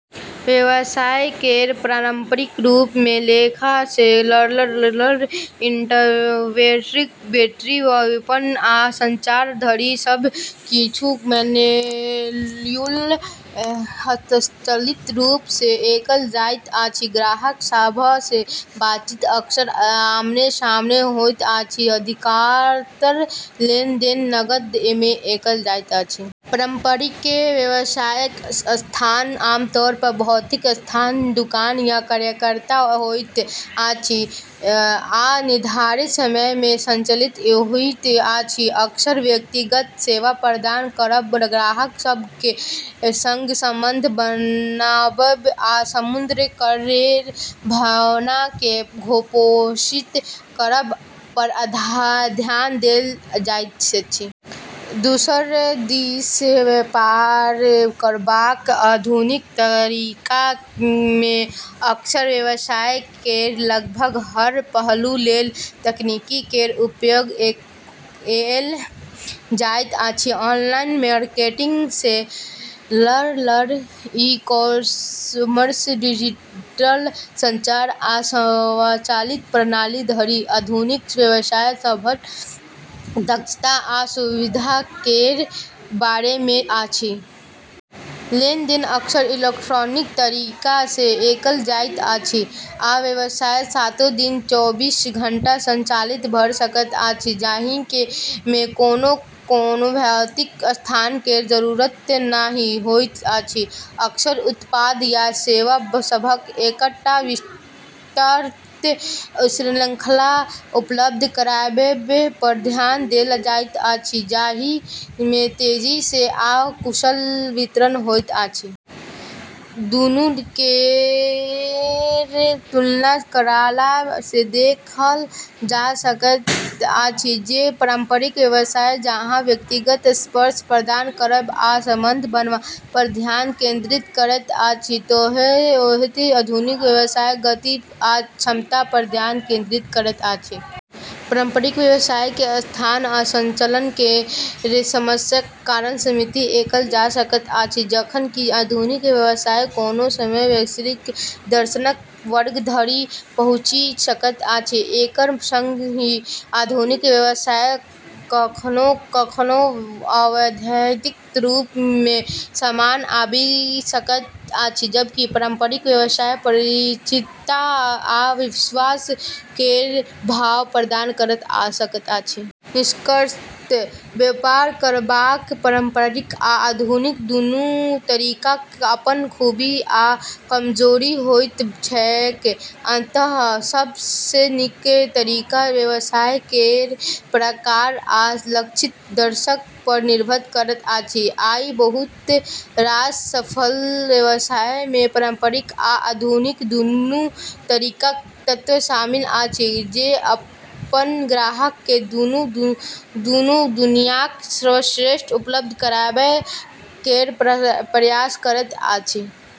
व्यवसाय केर पारंपरिक रूप मे लेखा सँ लऽ कऽ इन्वेंट्री, बिक्री, विपणन, आ संचार धरि सभ किछु मैन्युअल हस्तचलित रूप सँ कएल जाइत अछि। ग्राहक सभ सँ बातचीत अक्सर आमने-सामने होइत अछि, आ अधिकतर लेनदेन नकद मे कएल जाइत अछि। पारंपरिक व्यवसायक स्थान आमतौर पर भौतिक स्थान दुकान या कार्यालय होइत अछि आ निर्धारित समय मे संचालित होइत अछि। अक्सर व्यक्तिगत सेवा प्रदान करब, ग्राहक सभ केर संगे संबंध बनाबब, आ समुदाय केर भावना केँ पोषित करब पर ध्यान देल जाइत अछि। दोसर दिस व्यापार करबाक आधुनिक तरीका मे अक्सर व्यवसाय केर लगभग हर पहलू लेल तकनीक केर उपयोग कएल जाइत अछि। ऑनलाइन मार्केटिंग सँ लऽ कऽ ई-कॉमर्स, डिजिटल संचार, आ स्वचालित प्रणाली धरि, आधुनिक व्यवसाय सभटा दक्षता आ सुविधा केर बारे मे अछि। लेनदेन अक्सर इलेक्ट्रॉनिक तरीका सँ कएल जाइत अछि, आ व्यवसाय सातो दिन चौबीस घंटा संचालित भऽ सकैत अछि, जाहि मे कोनो भौतिक स्थान केर जरूरत नहि होइत अछि। अक्सर उत्पाद या सेवा सभक एकटा विस्तृत श्रृंखला उपलब्ध कराबब पर ध्यान देल जाइत अछि, जाहि मे तेजी सँ आ कुशल वितरण होइत अछि। दुनू केर तुलना करला सँ देखल जा सकैत अछि जे पारंपरिक व्यवसाय जहाँ व्यक्तिगत स्पर्श प्रदान करब आ संबंध बनाबब पर ध्यान केंद्रित करैत अछि, ओतही आधुनिक व्यवसाय गति आ दक्षता पर ध्यान केंद्रित करैत अछि। पारंपरिक व्यवसाय केँ स्थान आ संचालन केर समयक कारण सीमित कएल जा सकैत अछि, जखन कि आधुनिक व्यवसाय कोनो समय वैश्विक दर्शक वर्ग धरि पहुँचि सकैत अछि। एकर संगे ही आधुनिक व्यवसाय कखनो-कखनो अवैयक्तिक रूप मे सामने आबि सकैत अछि, जबकि पारंपरिक व्यवसाय परिचितता आ विश्वास केर भाव प्रदान कऽ सकैत अछि। निष्कर्षतः व्यापार करबाक पारंपरिक आ आधुनिक दुनू तरीकाक अपन खूबी आ कमजोरी होइत छैक। अंततः, सब सँ नीक तरीका व्यवसाय केर प्रकार आ लक्षित दर्शक पर निर्भर करैत अछि। आइ बहुत रास सफल व्यवसाय मे पारंपरिक आ आधुनिक दुनू तरीकाक तत्व शामिल अछि, जे अपन ग्राहक केँ दुनू दुनियाक सर्वश्रेष्ठ उपलब्ध कराबै केर प्रयास करैत अछि।